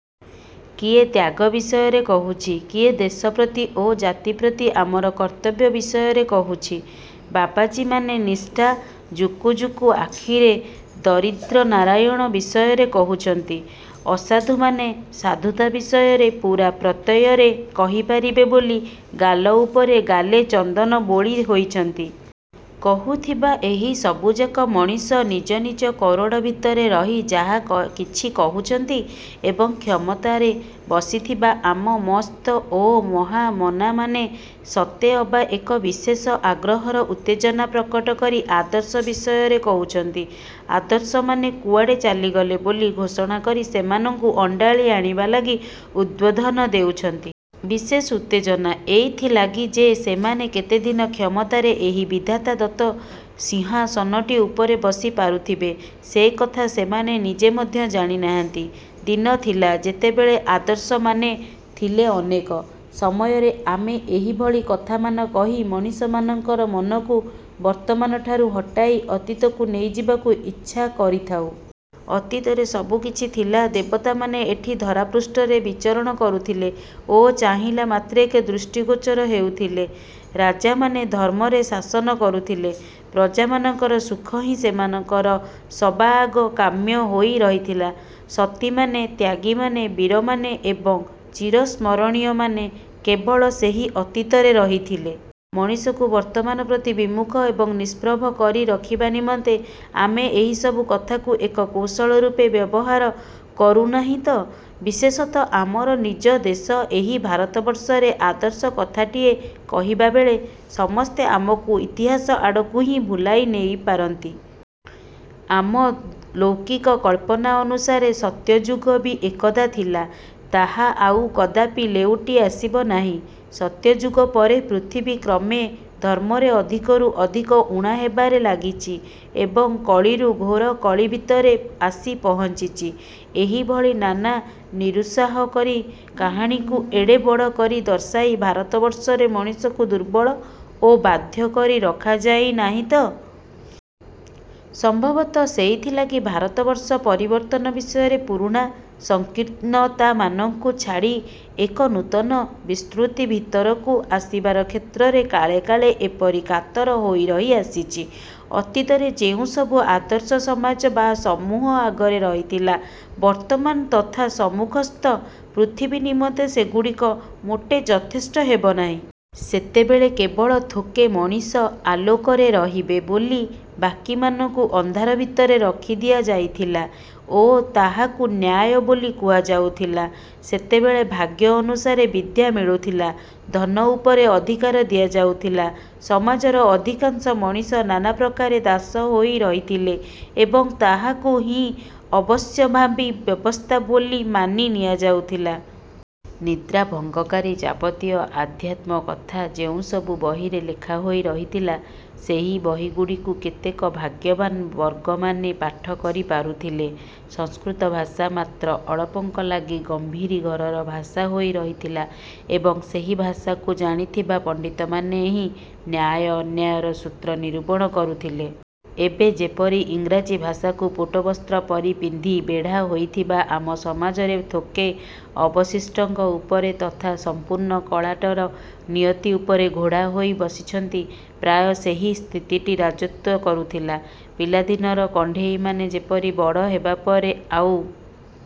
କିଏ ତ୍ୟାଗ ବିଷୟରେ କହୁଛି, କିଏ ଦେଶ ପ୍ରତି ଓ ଜାତି ପ୍ରତି ଆମର କର୍ତ୍ତବ୍ୟ ବିଷୟରେ କହୁଛି। ବାବାଜୀମାନେ ନିଷ୍ଠା ଜୁକୁଜୁକୁ ଆଖିରେ ଦରିଦ୍ରନାରାୟଣ ବିଷୟରେ କହୁଛନ୍ତି। ଅସାଧୁମାନେ ସାଧୁତା ବିଷୟରେ ପୂରା ପ୍ରତ୍ୟୟରେ କହିପାରିବେ ବୋଲି ଗାଲ ଉପରେ ଗାଲେ ଚନ୍ଦନ ବୋଳି ହୋଇଛନ୍ତି। କହୁଥିବା ଏହି ସବୁଯାକ ମଣିଷ ନିଜ ନିଜ କୋରଡ଼ ଭିତରେ ରହି ଯାହା କିଛି କହୁଛନ୍ତି। ଏବଂ କ୍ଷମତାରେ ବସିଥିବା ଆମ ମସ୍ତ ଓ ମହାମନାମାନେ ସତେ ଅବା ଏକ ବିଶେଷ ଆଗ୍ରହର ଉତ୍ତେଜନା ପ୍ରକଟ କରି ଆଦର୍ଶ ବିଷୟରେ କହୁଛନ୍ତି। ଆଦର୍ଶମାନେ କୁଆଡ଼େ ଚାଲିଗଲେ ବୋଲି ଘୋଷଣା କରି ସେମାନଙ୍କୁ ଅଣ୍ଡାଳି ଆଣିବା ଲାଗି ଉଦ୍ବୋଧନ ଦେଉଛନ୍ତି। ବିଶେଷ ଉତ୍ତେଜନା ଏଇଥିଲାଗି ଯେ ସେମାନେ କେତେଦିନ କ୍ଷମତାରେ ଏହି ବିଧାତାଦତ୍ତ ସିଂହାସନଟି ଉପରେ ବସି ପାରୁଥିବେ, ସେକଥା ସେମାନେ ନିଜେ ମଧ୍ୟ ଜାଣିନାହାନ୍ତି। ଦିନ ଥିଲା, ଯେତେବେଳେ ଆଦର୍ଶମାନେ ଥିଲେ ଅନେକ ସମୟରେ ଆମେ ଏହିଭଳି କଥାମାନ କହି ମଣିଷମାନଙ୍କର ମନକୁ ବର୍ତ୍ତମାନଠାରୁ ହଟାଇ ଅତୀତକୁ ନେଇଯିବାକୁ ଇଚ୍ଛା କରିଥାଉ। ଅତୀତରେ ସବୁକିଛି ଥିଲା ଦେବତାମାନେ ଏଠି ଧରାପୃଷ୍ଠରେ ବିଚରଣ କରୁଥିଲେ ଓ ଚାହିଁଲା ମାତ୍ରକେ ଦୃଷ୍ଟିଗୋଚର ହେଉଥିଲେ। ରାଜାମାନେ ଧର୍ମରେ ଶାସନ କରୁଥିଲେ, ପ୍ରଜାମାନଙ୍କର ସୁଖ ହିଁ ସେମାନଙ୍କର ସବାଆଗ କାମ୍ୟ ହୋଇ ରହିଥିଲା। ସତୀମାନେ, ତ୍ୟାଗୀମାନେ, ବୀରମାନେ ଏବଂ ଚିରସ୍ମରଣୀୟମାନେ କେବଳ ସେହି ଅତୀତରେ ରହିଥିଲେ। ମଣିଷକୁ ବର୍ତ୍ତମାନ ପ୍ରତି ବିମୁଖ ଏବଂ ନିଷ୍ପ୍ରଭ କରି ରଖିବା ନିମନ୍ତେ ଆମେ ଏହିସବୁ କଥାକୁ ଏକ କୌଶଳ ରୂପେ ବ୍ୟବହାର କରୁନାହିଁ ତ? ବିଶେଷତଃ ଆମର ନିଜ ଦେଶ ଏହି ଭାରତବର୍ଷରେ ଆଦର୍ଶ କଥାଟିଏ କହିବାବେଳେ ସମସ୍ତେ ଆମକୁ ଇତିହାସ ଆଡ଼କୁ ହିଁ ଭୁଲାଇ ନେଇପାରନ୍ତି। ଆମ ଲୌକିକ କଳ୍ପନା ଅନୁସାରେ ସତ୍ୟଯୁଗ ବି ଏକଦା ଥିଲା, ତାହା ଆଉ କଦାପି ଲେଉଟି ଆସିବ ନାହିଁ। ସତ୍ୟଯୁଗ ପରେ ପୃଥିବୀ କ୍ରମେ ଧର୍ମରେ ଅଧିକରୁ ଅଧିକ ଊଣା ହେବାରେ ଲାଗିଛି ଏବଂ କଳିରୁ ଘୋର କଳି ଭିତରେ ଆସି ପହଞ୍ଚିଛି। ଏହିଭଳି ନାନା ନିରୁତ୍ସାହକାରୀ କାହାଣୀକୁ ଏଡ଼େ ବଡ଼ କରି ଦର୍ଶାଇ ଭାରତବର୍ଷରେ ମଣିଷକୁ ଦୁର୍ବଳ ଓ ବାଧ୍ୟ କରି ରଖାଯାଇ ନାହିଁ ତ? ସମ୍ଭବତଃ ସେଇଥିଲାଗି ଭାରତବର୍ଷ ପରିବର୍ତ୍ତନ ବିଷୟରେ ପୁରୁଣା ସଂକୀର୍ଣ୍ଣତାମାନଙ୍କୁ ଛାଡ଼ି ଏକ ନୂତନ ବିସ୍ତୃତି ଭିତରକୁ ଆସିବାର କ୍ଷେତ୍ରରେ କାଳେ କାଳେ ଏପରି କାତର ହୋଇ ରହି ଆସିଛି। ଅତୀତରେ ଯେଉଁସବୁ ଆଦର୍ଶ ସମାଜ ବା ସମୂହ ଆଗରେ ରହିଥିଲା ବର୍ତ୍ତମାନ ତଥା ସମ୍ମୁଖସ୍ଥ ପୃଥିବୀ ନିମନ୍ତେ ସେଗୁଡ଼ିକ ମୋଟେ ଯଥେଷ୍ଟ ହେବନାହିଁ। ସେତେବେଳେ କେବଳ ଥୋକେ ମଣିଷ ଆଲୋକରେ ରହବେ ବୋଲି ବାକିମାନଙ୍କୁ ଅନ୍ଧାର ଭିତରେ ରଖିଦିଆ ଯାଇଥିଲା ଓ ତାହାକୁ ନ୍ୟାୟ ବୋଲି କୁହାଯାଉଥିଲା। ସେତେବେଳେ ଭାଗ୍ୟ ଅନୁସାରେ ବିଦ୍ୟା ମିଳୁଥିଲା, ଧନ ଉପରେ ଅଧିକାର ଦିଆଯାଉଥିଲା। ସମାଜର ଅଧିକାଂଶ ମଣିଷ ନାନାପ୍ରକାରେ ଦାସ ହୋଇ ରହିଥିଲେ ଏବଂ ତାହାକୁ ହିଁ ଅବଶ୍ୟମ୍ଭାବୀ ବ୍ୟବସ୍ଥା ବୋଲି ମାନି ନିଆଯାଉଥିଲା। ନିଦ୍ରାଭଙ୍ଗକାରୀ ଯାବତୀୟ ଆଧ୍ୟାତ୍ମକଥା ଯେଉଁସବୁ ବହିରେ ଲେଖା ହୋଇ ରହିଥିଲା ସେହି ବହିଗୁଡ଼ିକୁ କେତେକ ଭାଗ୍ୟବାନ ବର୍ଗମାନେ ପାଠକରି ପାରୁଥିଲେ। ସଂସ୍କୃତ ଭାଷା ମାତ୍ର ଅଳପଙ୍କ ଲାଗି ଗମ୍ଭୀରି ଘରର ଭାଷା ହୋଇ ରହିଥିଲା ଏବଂ ସେହି ଭାଷାକୁ ଜାଣିଥିବା ପଣ୍ଡିତମାନେ ହିଁ ନ୍ୟାୟ ଅନ୍ୟାୟର ସୂତ୍ର ନିରୂପଣ କରୁଥିଲେ। ଏବେ ଯେପରି ଇଂରାଜୀ ଭାଷାକୁ ପାଟବସ୍ତ୍ର ପରି ପିନ୍ଧି ବେଢ଼ା ହୋଇଥିବା ଆମ ସମାଜରେ ଥୋକେ ଅବଶିଷ୍ଟଙ୍କ ଉପରେ ତଥା ସମ୍ପୂର୍ଣ୍ଣ କାଳଟାର ନିୟତି ଉପରେ ଘୋଡ଼ା ହୋଇ ବସିଛନ୍ତି, ପ୍ରାୟ ସେହି ସ୍ଥିତିଟି ରାଜତ୍ୱ କରୁଥିଲା। ପିଲାଦିନର କଣ୍ଢେଇମାନେ ଯେପରି ବଡ଼ ହେବାପରେ ଆଉ